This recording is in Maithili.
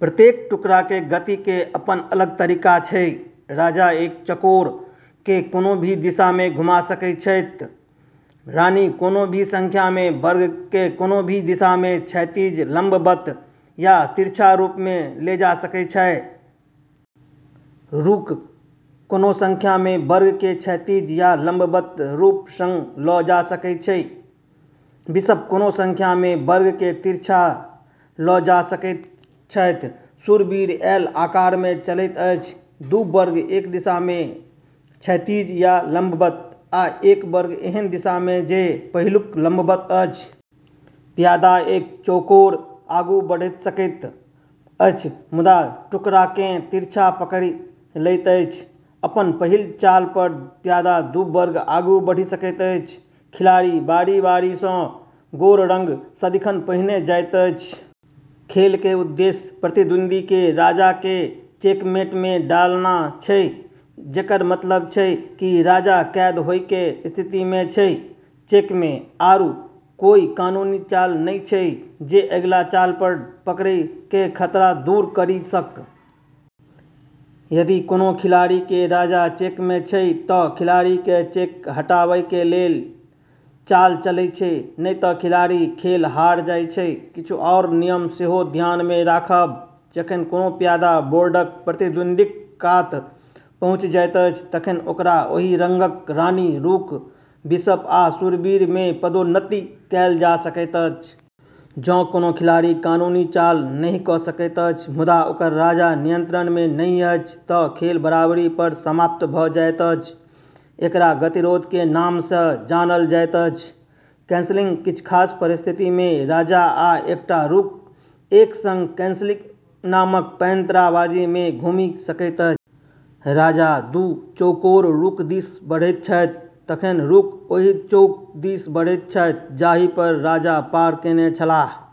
प्रत्येक टुकड़ा के गति के अपन अलग तरीका छै: राजा एक चौकोर के कोनो भी दिशा मे घुमा सकै छैथ। रानी कोनो भी संख्या मे वर्ग के कोनो भी दिशा मे, क्षैतिज, लंबवत या तिरछा रूप से ले जा सकै छै। रूक कोनो संख्या मे वर्ग के क्षैतिज या लंबवत रूप सं ल जा सकय छै। बिशप कोनो संख्या मे वर्ग के तिरछा ल जा सकैत छथि। शूरवीर एल आकार मे चलैत अछि - दू वर्ग एक दिशा मे (क्षैतिज या लंबवत) आ एक वर्ग एहन दिशा मे जे पहिलुक लंबवत अछि। प्यादा एक चौकोर आगू बढ़ि सकैत अछि, मुदा टुकड़ाकेँ तिरछा पकड़ि लैत अछि। अपन पहिल चाल पर प्यादा दू वर्ग आगू बढ़ि सकैत अछि। खिलाड़ी बारी-बारी स, गोर रंग सदिखन पहिने जाइत अछि। खेल के उद्देश्य प्रतिद्वंदी के राजा के चेकमेट मे डालना छै, जेकर मतलब छै कि राजा कैद होय के स्थिति मे छै (चेक मे) आरू कोय कानूनी चाल नै छै जे अगिला चाल पर पकड़ै के खतरा दूर करी सक। यदि कोनो खिलाड़ी के राजा चेक मे छै त खिलाड़ी के चेक हटाबै के लेल चाल चलै छै, नै त खिलाड़ी खेल हार जाय छै। किछु आओर नियम सेहो ध्यान मे राखब: जखन कोनो प्यादा बोर्डक प्रतिद्वंदीक कात पहुँचि जाइत अछि तखन ओकरा ओही रंगक रानी, रूक, बिशप वा शूरवीर मे पदोन्नति कयल जा सकैत अछि। जँ कोनो खिलाड़ी कानूनी चाल नहि क सकैत अछि, मुदा ओकर राजा नियंत्रण मे नहि अछि त खेल बराबरी पर समाप्त भ जाइत अछि। एकरा गतिरोध के नाम स जानल जाइत अछि। कैसलिंग: किछु खास परिस्थिति मे राजा आ एकटा रूक एक संग कैसलिंग नामक पैंतराबाजी मे घुमि सकैत अछि। राजा दू चौकोर रूक दिस बढ़ैत छथि, तखन रूक ओहि चौक दिस बढ़ैत छथि जाहि पर राजा पार केने छलाह।